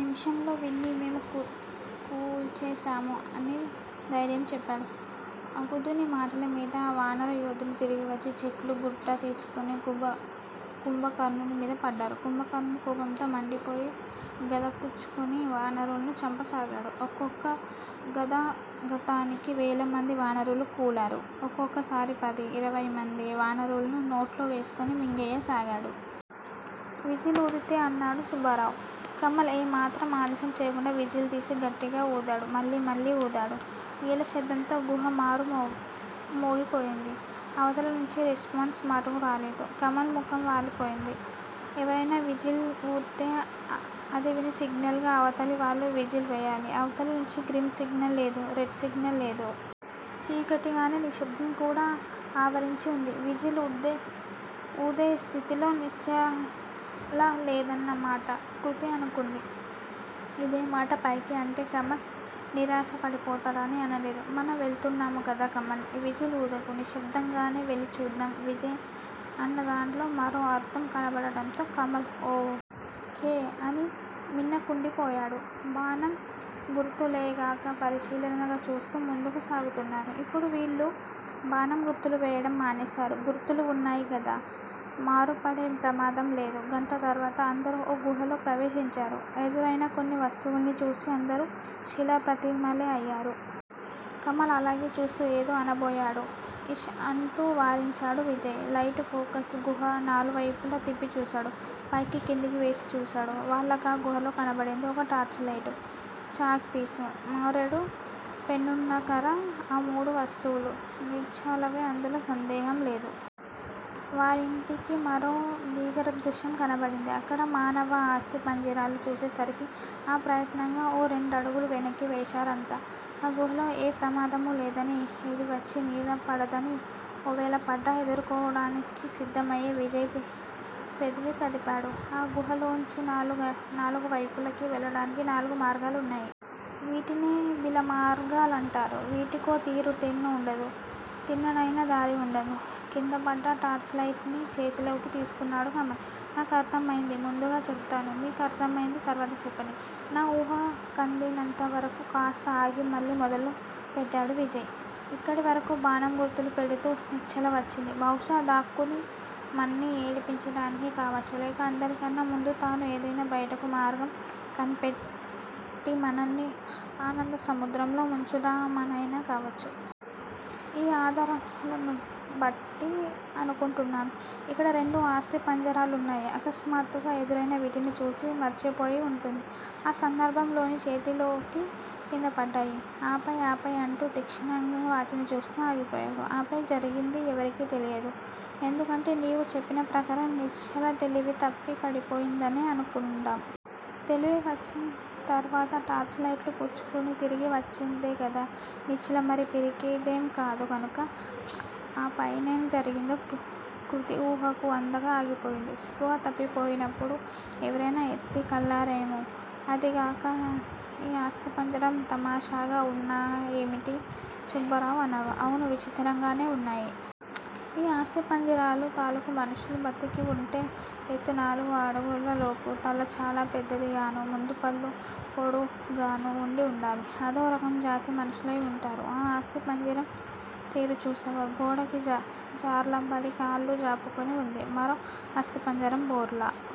నిమిషంలో వీణ్ని మేము కూల్చేస్తాము అని ధైర్యం చెప్పాడు. అంగదుని మాటలమీద వానరయోధులు తిరిగివచ్చి చెట్లూ గుట్టా తీసుకొని కుంభకర్ణుని మీద పడ్డారు. కుంభకర్ణుడు కోపంతో మండిపోయి గదపుచ్చుకొని వానరుల్ను చంపసాగాడు. ఒక్కొక్క గదఘాతానికి వేలమంది వానరులు కూలారు. ఒక్కొక్కసారి పది, ఇరవైమంది వానరుల్ను నోట్లో వేసుకుని మింగెయ్య సాగాడు. విజిల్ ఊదితే అన్నాడు సుబ్బారావు. కమల్ ఏ మాత్రం ఆలస్యం చేయకుండా విజిల్ తీసి గట్టిగా వూదాడు మళ్ళీ మళ్ళీ వూదాడు. ఈల శబ్దంతో గుహా మారు మోగిపోయింది. అవతలనుంచి రెస్పాన్స్ మటుకు రాలేదు. కమల్ ముఖం పాలిపోయింది. ఎవరైనా విజిల్ వూత్తే అదివిని సిగ్నల్ గా అవతలి వాళ్ళు విజిల్ వేయాలి అవతలి నుంచి గ్రీన్ సిగ్నల్ లేదు రెడ్ సిగ్నల్ లేదు. చీకటికాగానే నిశ్శబ్దం కూడా ఆవరించి వుంది. విజిల్ ఊదే స్థితిలో నిశ్చలలేదన్నమాట కృతి అనుకుంది. ఇదేమాట పైకి అంటే కమల్ నిరాశపడిపోతాడని అనలేదు మనం వెళుతున్నాము కదా కమల్! విజిల్ ఊదకు నిశ్శబ్దం గానే వెళ్ళి చూద్దాం విజయ్ అనదాంట్లో మరో అర్ధం కనబడటంతో కమల్ ఓ. కే. అని మిన్నకుండిపోయాడు. బాణం గుర్తులెగాక పరిశీలనగా చూస్తూ ముందుకు సాగుతున్నారు. ఇప్పుడు వీళ్ళు బాణం గుర్తులు వేయటం మానేశారు గుర్తులు వున్నాయికదా మారుపడే ప్రమాదం లేదు. గంట తర్వాత. అందరూ ఓ గుహలో ప్రవేశించారు. ఎదురైన కొన్ని వస్తువుల్ని చూసి అందరూ శిలాప్రతిమలే అయ్యారు. కమల్ అలాగే చూస్తూ ఏదో అనబోయాడు ఇష్ అంటూ వారించాడు విజయ్. లైటు ఫోకస్ గుహా నలువైపులా తిప్పి చూశాడు. పైకి కిందికి వేసి చూశాడు. వాళ్ళకా గుహలో కనబడింది. ఒక టార్చిలైటు, చాక్ పీసు మూరెడు పైనున్నకర్ర, ఆమూడు వస్తువులూ నిశ్చలవే అందులో సందేహం లేదు. వారింటికి మరో భీకర దృశ్యం కనబడింది. అక్కడ మానవ ఆస్తి పంజిరాలు చూసేసరికి ఆ ప్రయత్నంగా ఓ రెండడుగులు వెనక్కీ వేశారంతా. ఆ గుహలో ఏ ప్రమాదమూ లేదని. ఏడీవచ్చి మీద పడదని ఓవేళ పడ్డా ఎదుర్కోనాదానికి సిద్దమయ్యే విజయ్ పెదవి కదిపాడు. ఆ గుహలోంచి నాలుగువైపులకీ వెళ్ళడానికి నాలుగు మార్గాలున్నాయి. వీటినే బిలమార్గలంటారు. వీటికో తీరూ తెన్నూ ఉండదు. తిన్ననైనా దారీ వుండదు. కిందపడ్డ టార్చ్ లైటు ని చేతిలోకి తీసుకున్నాడు కమల్. నా కర్దమైంది ముందుగా చెబుతాను. మీ కర్దమైంది తర్వాత చెప్పండి. నా ఊహాకందినంతవరకూ కాస్త ఆగి మళ్ళీ మొదలు పెట్టాడు విజయ్. ఇక్కడివరకూ బాణం గుర్తులు పెడుతూ నిశ్చల వచ్చింది బహుశా దాక్కుని మన్ని ఏడిపించటానికి కావచ్చు లేక అందరికన్నా ముందు తాను ఏదైనా బయటకు మార్గం కనిపెట్టిమనల్ని ఆనందసముద్రంలో ముంచుదామనైనా కావచ్చు. ఈ ఆధారాలనుబట్టి అనుకుంటున్నాను. ఇక్కడ రెండు అస్థిపంజరాలున్నాయి. అకస్మాత్తుగా ఎదురైనా వీటిని చూసి మూర్చపోయి వుంటుంది. ఆ సందర్భం లోని చేతిలోకి కిందపడ్డాయి ఆపై ఆపై అంటూ తీక్షణంగా వాటిని చూస్తూ ఆగిపోయాడు. ఆపై జరిగింది ఎవరికీ తెలియదు. ఎందుకంటే నీవు చెప్పిన ప్రకారం నిశ్చల తెలివితప్పి పడిపోయిందనే అనుకుందాం. తెలివి వచ్చింతర్వాత టార్చ్ లైటు పుచ్చుకుని తిరిగి వచ్చేదేకదా! నిశ్చల మరీ పిరికిదేంకాదు కనుక! అపైనేం జరిగిందో కృతి ఊహకు అందక ఆగిపోయింది. స్పృహా తప్పిపోయినప్పుడు ఎవరైనా ఎత్తి కెళ్ళారేమో! అదీ గాక ఈ అస్థిపంజరం తామషాగా వున్నాయేమిటి? సుబ్బారావు అన్నాడు. అవును విచిత్రంగానే వున్నాయి. ఈ అస్థిపంజిరాలు తాలూకు మనుషులు బతికివుంటే ఎత్తు నాలుగు అడుగల లోపు. తల చాలా పెద్దదిగాను. ముందుపళ్ళు పోడుగ్గాను వుండి వుండాలి అదోరకం జాతి మనుషులై వుంటారు. ఆ అస్థిపంజిరం తీరు చూశావా? గోడకి జార్లబడి కాళ్ళు జాపుకుని వుంది. మరో అస్టిపంజరం బోర్లా